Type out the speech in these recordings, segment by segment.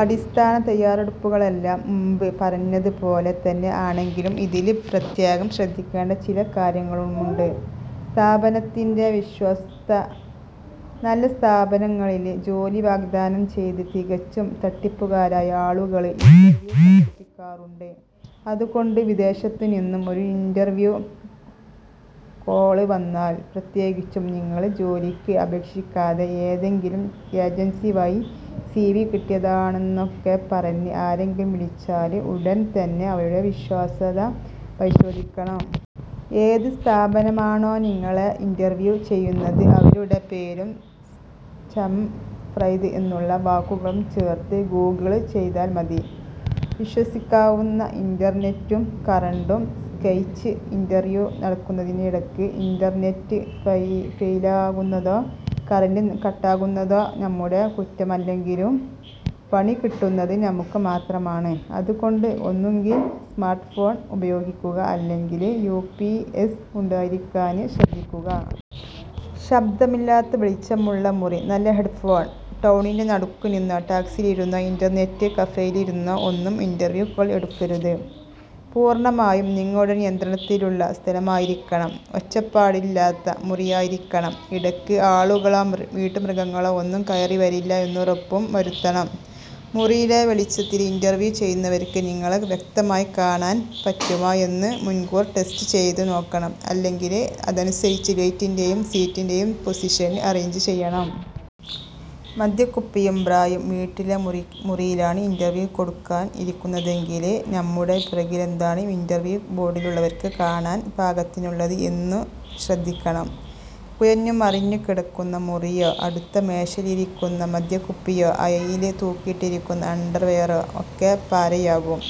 അടിസ്ഥാന തയ്യാറെടുപ്പുകളെല്ലാം മുന്പ് പറഞ്ഞത് പോലെ തന്നെ ആണെങ്കിലും ഇതില് പ്രത്യേകം ശ്രദ്ധിക്കേണ്ട ചില കാര്യങ്ങളുമുണ്ട്.. സ്ഥാപനത്തിന്റെ വിശ്വാസ്യത:നല്ല സ്ഥാപനങ്ങളില് ജോലി വാഗ്ദാനം ചെയ്ത് തികച്ചും തട്ടിപ്പുകാരായ ആളുകള് ഇന്റര്വ്യൂ സംഘടിപ്പിക്കാറുണ്ട്. അതുകൊണ്ട് വിദേശത്തു നിന്നും ഒരു ഇന്റര്വ്യൂ കാള് വന്നാല്, പ്രത്യേകിച്ചും നിങ്ങള് ജോലിക്ക് അപേക്ഷിക്കാതെ, ഏതെങ്കിലും ഏജന്സി വഴി സിവി കിട്ടിയായതാണെന്നൊക്ക പറഞ്ഞ് ആരെങ്കിലും വിളിച്ചാല് ഉടന് തന്നെ അവരുടെ വിശ്വാസ്യത പരിശോധിക്കണം. ഏത് സ്ഥാപനമാണോ നിങ്ങളെ ഇന്റര്വ്യൂ ചെയ്യുന്നത് അവരുടെ പേരും സ്ചമ് ഫ്രൌദ് എന്നുള്ള വാക്കുകളും ചേര്ത്ത് ഗൂഗിള് ചെയ്താല് മതി.. വിശ്വസിക്കാവുന്ന ഇന്റര്നെറ്റും കറണ്ടും:സ്കൈപ് ഇന്റര്വ്യൂ നടക്കുന്നതിനിടക്ക് ഇന്റര്നെറ്റ് ഫെയിലാകുന്നതോ കറന്റ് കട്ടാകുന്നതോ നമ്മുടെ കുറ്റമല്ലെങ്കിലും 'പണി കിട്ടുന്നത്' നമുക്ക് മാത്രമാണ്. അതുകൊണ്ട് ഒന്നുകില് സ്മാര്ട്ട് ഫോണ് ഉപയോഗിക്കുക, അല്ലെങ്കില് യുപിഎസ് ഉണ്ടായിരിക്കാന് ശ്രദ്ധിക്കുക.. ശബ്ദമില്ലാത്ത വെളിച്ചമുള്ള മുറി, നല്ല ഹെഡ് ഫോണ്:ടൗണിന്റെ നടുക്കുനിന്നോ ടാക്സിയിലിരുന്നോ, ഇന്റര്നെറ്റ് കഫെയില് ഇരുന്നോ ഒന്നും ഇന്റര്വ്യൂ കാള് എടുക്കരുത്. പൂര്ണ്ണമായും നിങ്ങളുടെ നിയന്ത്രണത്തിലുള്ള സ്ഥലമായിരിക്കണം, ഒച്ചപ്പാടിലാത്ത മുറിയായിരിക്കണം, ഇടക്ക് ആളുകളോ വീട്ടുമൃഗങ്ങളോ ഒന്നും കയറിവരില്ല എന്നുറപ്പും വരുത്തണം.. മുറിയിലെ വെളിച്ചത്തില് ഇന്റര്വ്യൂ ചെയ്യുന്നവര്ക്ക് നിങ്ങളെ വ്യക്തമായി കാണാന് പറ്റുമോ എന്ന് മുന്കൂര് ടെസ്റ്റ് ചെയ്തു നോക്കണം, അല്ലെങ്കില് അതനുസരിച്ച് ലൈറ്റിന്റെയും സീറ്റിന്റെയും പൊസിഷന് അറേഞ്ച് ചെയ്യണം.. മദ്യക്കുപ്പിയും ബ്രായും:വീട്ടിലെ മുറിയിലാണ് ഇന്റര്വ്യൂ കൊടുക്കാന് ഇരിക്കുന്നതെങ്കില് നമ്മുടെ പുറകിലെന്താണ് ഇന്റര്വ്യൂ ബോര്ഡിലുള്ളവര്ക്ക് കാണാന് പാകത്തിനുള്ളത് എന്നു ശ്രദ്ധിക്കണം. കുഴഞ്ഞുമറിഞ്ഞു കിടക്കുന്ന മുറിയോ, അടുത്ത മേശയിലിരിക്കുന്ന മദ്യക്കുപ്പിയോ, അഴയില് തൂക്കിയിട്ടിരിക്കുന്ന അണ്ടര്വെയറോ ഒക്കെ പാരയാകും.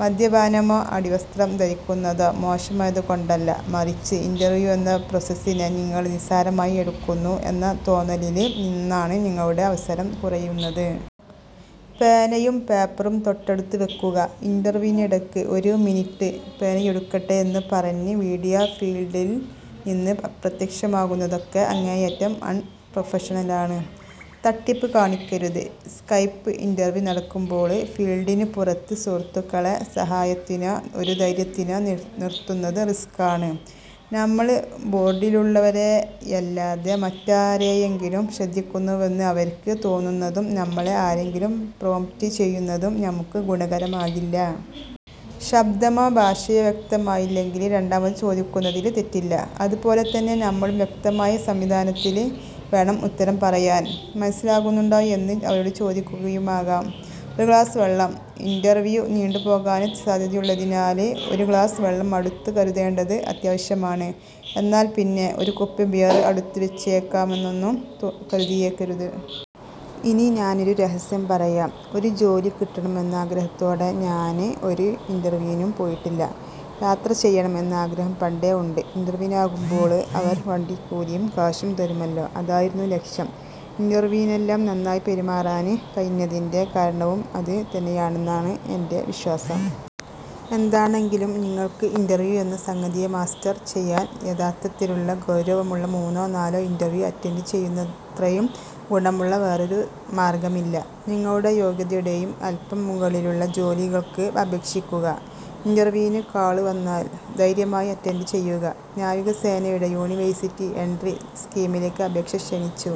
മദ്യപാനമോ അടിവസ്ത്രം ധരിക്കുന്നതോ മോശമായതുകൊണ്ടല്ല, മറിച്ച് ഇന്റര്വ്യൂ എന്ന പ്രോസസിനെ നിങ്ങള് നിസ്സാരമായി എടുക്കുന്നു എന്ന തോന്നലില് നിന്നാണ് നിങ്ങളുടെ അവസരം കുറയുന്നത്.. പേനയും പേപ്പറും തൊട്ടടുത്ത് വെക്കുക:ഇന്റര്വ്യൂവിനിടക്ക് ഒരു മിനിറ്റ്, പേനയെടുക്കട്ടെ, എന്നുപറഞ്ഞ് വീഡിയോ ഫീല്ഡില് നിന്ന് അപ്രത്യക്ഷമാകുന്നതൊക്കെ അങ്ങേയറ്റം അണ്പ്രൊഫഷണലാണ്.. തട്ടിപ്പ് കാണിക്കരുത്:സ്കൈപ്പ് ഇന്റര്വ്യൂ നടക്കുമ്പോള് ഫീല്ഡിനു പുറത്ത് സുഹൃത്തുക്കളെ സഹായത്തിനോ ഒരു ധൈര്യത്തിനോ നിര്ത്തുന്നത് റിസ്ക്കാണ്. നമ്മള് ബോര്ഡിലുള്ളവരെയല്ലാതെ മറ്റാരെയെങ്കിലും ശ്രദ്ധിക്കുന്നുവെന്ന് അവര്ക്ക് തോന്നുന്നതും നമ്മളെ ആരെങ്കിലും പ്രോംപ്റ്റ് ചെയ്യുന്നതും നമുക്ക് ഗുണകരമാകില്ല. ശബ്ദമോ ഭാഷയോ വ്യക്തമായില്ലെങ്കില് രണ്ടാമത് ചോദിക്കുന്നതില് തെറ്റില്ല. അതുപോലെതന്നെ നമ്മളും വ്യക്തമായി സാവധാനത്തില് വേണം ഉത്തരം പറയാന്. മനസ്സിലാകുന്നുണ്ടോ എന്ന് അവരോട് ചോദിക്കുകയുമാകാം.. ഒരു ഗ്ലാസ് വെള്ളം:ഇന്റര്വ്യൂ നീണ്ടുപോകാന് സാധ്യതയുള്ളതിനാല് ഒരു ഗ്ലാസ് വെള്ളം അടുത്തു കരുതേണ്ടത് അത്യാവശ്യമാണ്. എന്നാല്പ്പിന്നെ ഒരു കുപ്പി ബിയര് അടുത്ത് വെച്ചേക്കാമെന്നൊന്നും കരുതിയേക്കരുത്. ഇനി ഞാനൊരു രഹസ്യം പറയാം. ഒരു ജോലി കിട്ടണം എന്ന ആഗ്രഹത്തോടെ ഞാന് ഒരു ഇന്റര്വ്യൂവിനും പോയിട്ടില്ല. യാത്ര ചെയ്യണം എന്ന ആഗ്രഹം പണ്ടേ ഉണ്ട്. ഇന്റര്വ്യൂവിനാകുമ്പോള് അവര് വണ്ടിക്കൂലിയും കാശും തരുമല്ലോ, അതായിരുന്നു ലക്ഷ്യം. ഇന്റര്വ്യൂവിനെല്ലാം നന്നായി പെരുമാറാന് കഴിഞ്ഞതിന്റെ കാരണവും അത് തന്നെയാണെന്നാണ് എന്റെ വിശ്വാസം. എന്താണെങ്കിലും നിങ്ങള്ക്ക് ഇന്റര്വ്യൂ എന്ന സംഗതിയെ മാസ്റ്റര് ചെയ്യാന് യഥാര്ത്ഥത്തിലുള്ള, ഗൗരവമുള്ള മൂന്നോ നാലോ ഇന്റര്വ്യൂ അറ്റന്ഡ് ചെയ്യുന്നത്രയും ഗുണമുള്ള വേറൊരു മാര്ഗ്ഗമില്ല. നിങ്ങളുടെ യോഗ്യതയുടെയും അല്പം മുകളിലുള്ള ജോലികള്ക്ക് അപേക്ഷിക്കുക, ഇന്റര്വ്യൂവിന് കാള് വന്നാല് ധൈര്യമായി അറ്റന്ഡ് ചെയ്യുക. നാവികസേനയുടെ യൂണിവേഴ്സിറ്റി എന്ട്രി സ്കീമിലേക്ക് അപേക്ഷ ക്ഷണിച്ചു.